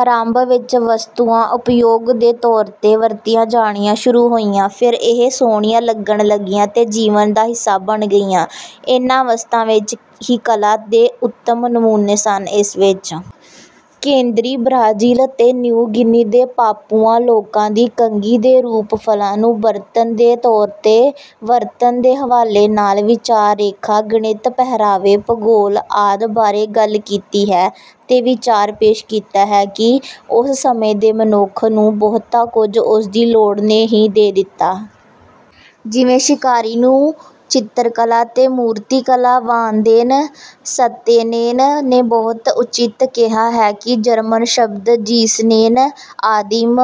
ਆਰੰਭ ਵਿੱਚ ਵਸਤੂਆਂ ਉਪਯੋਗ ਦੇ ਤੌਰ ਤੇ ਵਰਤੀਆਂ ਜਾਣੀਆਂ ਸ਼ੁਰੂ ਹੋਈਆਂ ਫਿਰ ਇਹ ਸੋਹਣੀਆਂ ਲੱਗਣ ਲੱਗੀਆਂ ਤੇ ਜੀਵਨ ਦਾ ਹਿੱਸਾ ਬਣ ਗਈਆਂ। ਇਹਨਾਂ ਵਸਤਾਂ ਵਿੱਚ ਹੀ ਕਲਾ ਦੇ ਉੱਤਮ ਨਮੂਨੇ ਸਨ। ਇਸ ਵਿੱਚ ਕੇਂਦਰੀ ਬ੍ਰਾਜ਼ੀਲ ਤੇ ਨਿਊ ਗਿਨੀ ਦੇ ਪਾਪੂਆ ਲੋਕਾਂ ਦੀ ਕੰਘੀ ਦੇ ਰੂਪ ਫਲਾਂ ਨੂੰ ਬਰਤਨ ਦੇ ਤੌਰ ਤੇ ਵਰਤਣ ਦੇ ਹਵਾਲੇ ਨਾਲ ਵਿਚਾਰ ਰੇਖਾ ਗਣਿਤ ਪਹਿਰਾਵੇ ਭੂਗੋਲ ਆਦਿ ਬਾਰੇ ਗੱਲ ਕੀਤੀ ਹੈ ਤੇ ਵਿਚਾਰ ਪੇਸ਼ ਕੀਤਾ ਹੈ ਕਿ ਉਸ ਸਮੇਂ ਦੇ ਮਨੁੱਖ ਨੂੰ ਬਹੁਤਾ ਕੁਝ ਉਸਦੀ ਲੋੜ ਨੇ ਹੀ ਦੇ ਦਿੱਤਾ। ਜਿਵੇਂ ਸ਼ਿਕਾਰੀ ਨੂੰ ਚਿੱਤਰਕਲਾ ਤੇ ਮੂਰਤੀਕਲਾ। ਵਾਨ ਦੇਨ ਸਤੇਨੇਨ ਨੇ ਬਹੁਤ ਉਚਿਤ ਕਿਹਾ ਹੈ ਕਿ ਜਰਮਨ ਸ਼ਬਦ ਜ਼ੀਸ਼ਨੇਨ ਆਦਿਮ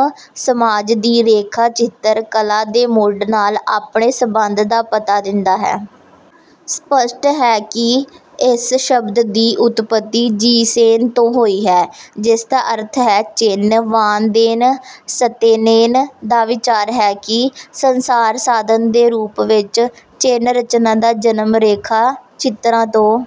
ਸਮਾਜ ਦੀ ਰੇਖਾ ਚਿੱਤਰ ਕਲਾ ਦੇ ਮੁੱਢ ਨਾਲ ਆਪਣੇ ਸੰਬੰਧ ਦਾ ਪਤਾ ਦਿੰਦਾ ਹੈ। ਸਪੱਸ਼ਟ ਹੈ ਕਿ ਇਸ ਸ਼ਬਦ ਦੀ ਉਤਪਤੀ ਜ਼ੀਸ਼ੇਨ ਤੋਂ ਹੋਈ ਹੈ ਜਿਸ ਦਾ ਅਰਥ ਹੈ ਚਿੰਨ੍ਹ। ਵਾਨ ਦੇਨ ਸਤੇਨੇਨ ਦਾ ਵਿਚਾਰ ਹੈ ਕਿ ਸੰਸਾਰ ਸਾਧਨ ਦੇ ਰੂਪ ਵਿੱਚ ਚਿੰਨ੍ਹ ਰਚਨਾ ਦਾ ਜਨਮ ਰੇਖਾ ਚਿੱਤਰਾਂ ਤੋਂ।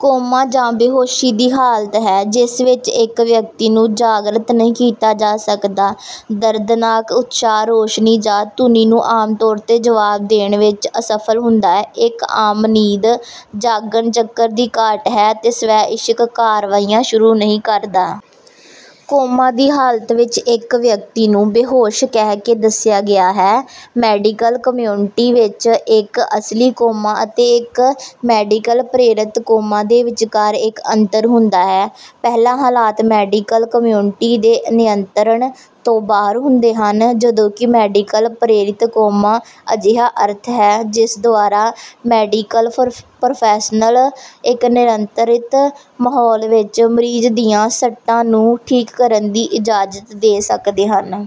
ਕੋਮਾ ਜਾਂ ਬੇਹੋਸ਼ੀ ਦੀ ਹਾਲਤ ਹੈ ਜਿਸ ਵਿੱਚ ਇੱਕ ਵਿਅਕਤੀ ਨੂੰ ਜਾਗਰਤ ਨਹੀਂ ਕੀਤਾ ਜਾ ਸਕਦਾ। ਦਰਦਨਾਕ ਉਤਸ਼ਾਹ ਰੌਸ਼ਨੀ ਜਾਂ ਧੁਨੀ ਨੂੰ ਆਮ ਤੌਰ ਤੇ ਜਵਾਬ ਦੇਣ ਵਿੱਚ ਅਸਫਲ ਹੁੰਦਾ ਹੈ। ਇੱਕ ਆਮ ਨੀਂਦ ਜਾਗਣ ਚੱਕਰ ਦੀ ਘਾਟ ਹੈ ਅਤੇ ਸਵੈ ਇੱਛਕ ਕਾਰਵਾਈਆਂ ਸ਼ੁਰੂ ਨਹੀਂ ਕਰਦਾ। ਕੋਮਾ ਦੀ ਹਾਲਤ ਵਿੱਚ ਇੱਕ ਵਿਅਕਤੀ ਨੂੰ ਬੇਹੋਸ਼ ਕਹਿ ਕੇ ਦੱਸਿਆ ਗਿਆ ਹੈ। ਮੈਡੀਕਲ ਕਮਿਊਨਿਟੀ ਵਿੱਚ ਇੱਕ ਅਸਲੀ ਕੋਮਾ ਅਤੇ ਇੱਕ ਮੈਡੀਕਲ ਪ੍ਰੇਰਿਤ ਕੋਮਾ ਦੇ ਵਿਚਕਾਰ ਇੱਕ ਅੰਤਰ ਹੁੰਦਾ ਹੈ ਪਹਿਲਾ ਹਾਲਾਤ ਮੈਡੀਕਲ ਕਮਿਊਨਿਟੀ ਦੇ ਨਿਯੰਤਰਣ ਤੋਂ ਬਾਹਰ ਹੁੰਦੇ ਹਨ ਜਦੋਂ ਕਿ ਮੈਡੀਕਲ ਪ੍ਰੇਰਿਤ ਕੋਮਾ ਅਜਿਹਾ ਅਰਥ ਹੈ ਜਿਸ ਦੁਆਰਾ ਮੈਡੀਕਲ ਪ੍ਰੋਫੈਸ਼ਨਲ ਇੱਕ ਨਿਯੰਤਰਿਤ ਮਾਹੌਲ ਵਿੱਚ ਮਰੀਜ਼ ਦੀਆਂ ਸੱਟਾਂ ਨੂੰ ਠੀਕ ਕਰਨ ਦੀ ਇਜਾਜ਼ਤ ਦੇ ਸਕਦੇ ਹਨ।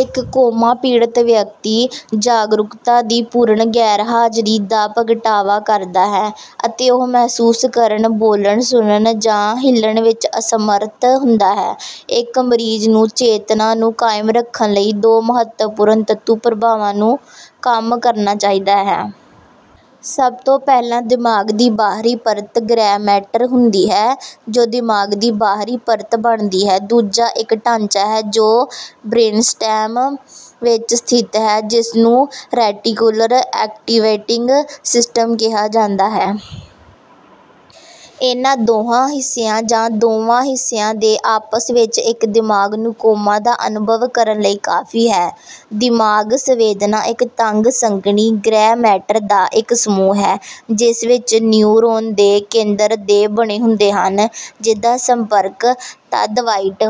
ਇੱਕ ਕੋਮਾ ਪੀੜਤ ਵਿਅਕਤੀ ਜਾਗਰੂਕਤਾ ਦੀ ਪੂਰਨ ਗੈਰਹਾਜ਼ਰੀ ਦਾ ਪ੍ਰਗਟਾਵਾ ਕਰਦਾ ਹੈ ਅਤੇ ਉਹ ਮਹਿਸੂਸ ਕਰਨ ਬੋਲਣ ਸੁਣਨ ਜਾਂ ਹਿੱਲਣ ਵਿੱਚ ਅਸਮਰਥ ਹੁੰਦਾ ਹੈ। ਇੱਕ ਮਰੀਜ਼ ਨੂੰ ਚੇਤਨਾ ਨੂੰ ਕਾਇਮ ਰੱਖਣ ਲਈ ਦੋ ਮਹੱਤਵਪੂਰਨ ਤੱਤੂ ਪ੍ਰਭਾਵਾਂ ਨੂੰ ਕੰਮ ਕਰਨਾ ਚਾਹੀਦਾ ਹੈ। ਸਭ ਤੋਂ ਪਹਿਲਾਂ ਦਿਮਾਗ ਦੀ ਬਾਹਰੀ ਪਰਤ ਗ੍ਰੇੈ ਮੈਟਰ ਹੁੰਦੀ ਹੈ ਜੋ ਦਿਮਾਗ ਦੀ ਬਾਹਰੀ ਪਰਤ ਬਣਦੀ ਹੈ। ਦੂਜਾ ਇੱਕ ਢਾਂਚਾ ਹੈ ਜੋ ਬ੍ਰੇਨਸਟੈਮ ਵਿੱਚ ਸਥਿਤ ਹੈ ਜਿਸ ਨੂੰ ਰੈਟੀਕੂਲਰ ਐਕਟੀਵੇਟਿੰਗ ਸਿਸਟਮ ਕਿਹਾ ਜਾਂਦਾ ਹੈ। ਇਹਨਾਂ ਦੋਹਾਂ ਹਿੱਸਿਆਂ ਜਾਂ ਦੋਵਾਂ ਹਿੱਸਿਆਂ ਦੇ ਆਪਸ ਵਿੱਚ ਇੱਕ ਦਿਮਾਗ ਨੂੰ ਕੋਮਾ ਦਾ ਅਨੁਭਵ ਕਰਨ ਲਈ ਕਾਫੀ ਹੈ। ਦਿਮਾਗ ਸਵੇਦਨਾ ਇੱਕ ਤੰਗ ਸੰਘਣੀ ਗ੍ਰੇੈ ਮੈਟਰ ਦਾ ਇੱਕ ਸਮੂਹ ਹੈ ਜਿਸ ਵਿੱਚ ਨਿਊਰੋਨ ਦੇ ਕੇਂਦਰ ਦੇ ਬਣੇ ਹੁੰਦੇ ਹਨ ਜਿਸਦਾ ਸੰਪਰਕ ਤਦ ਵ੍ਹਾਈਟ।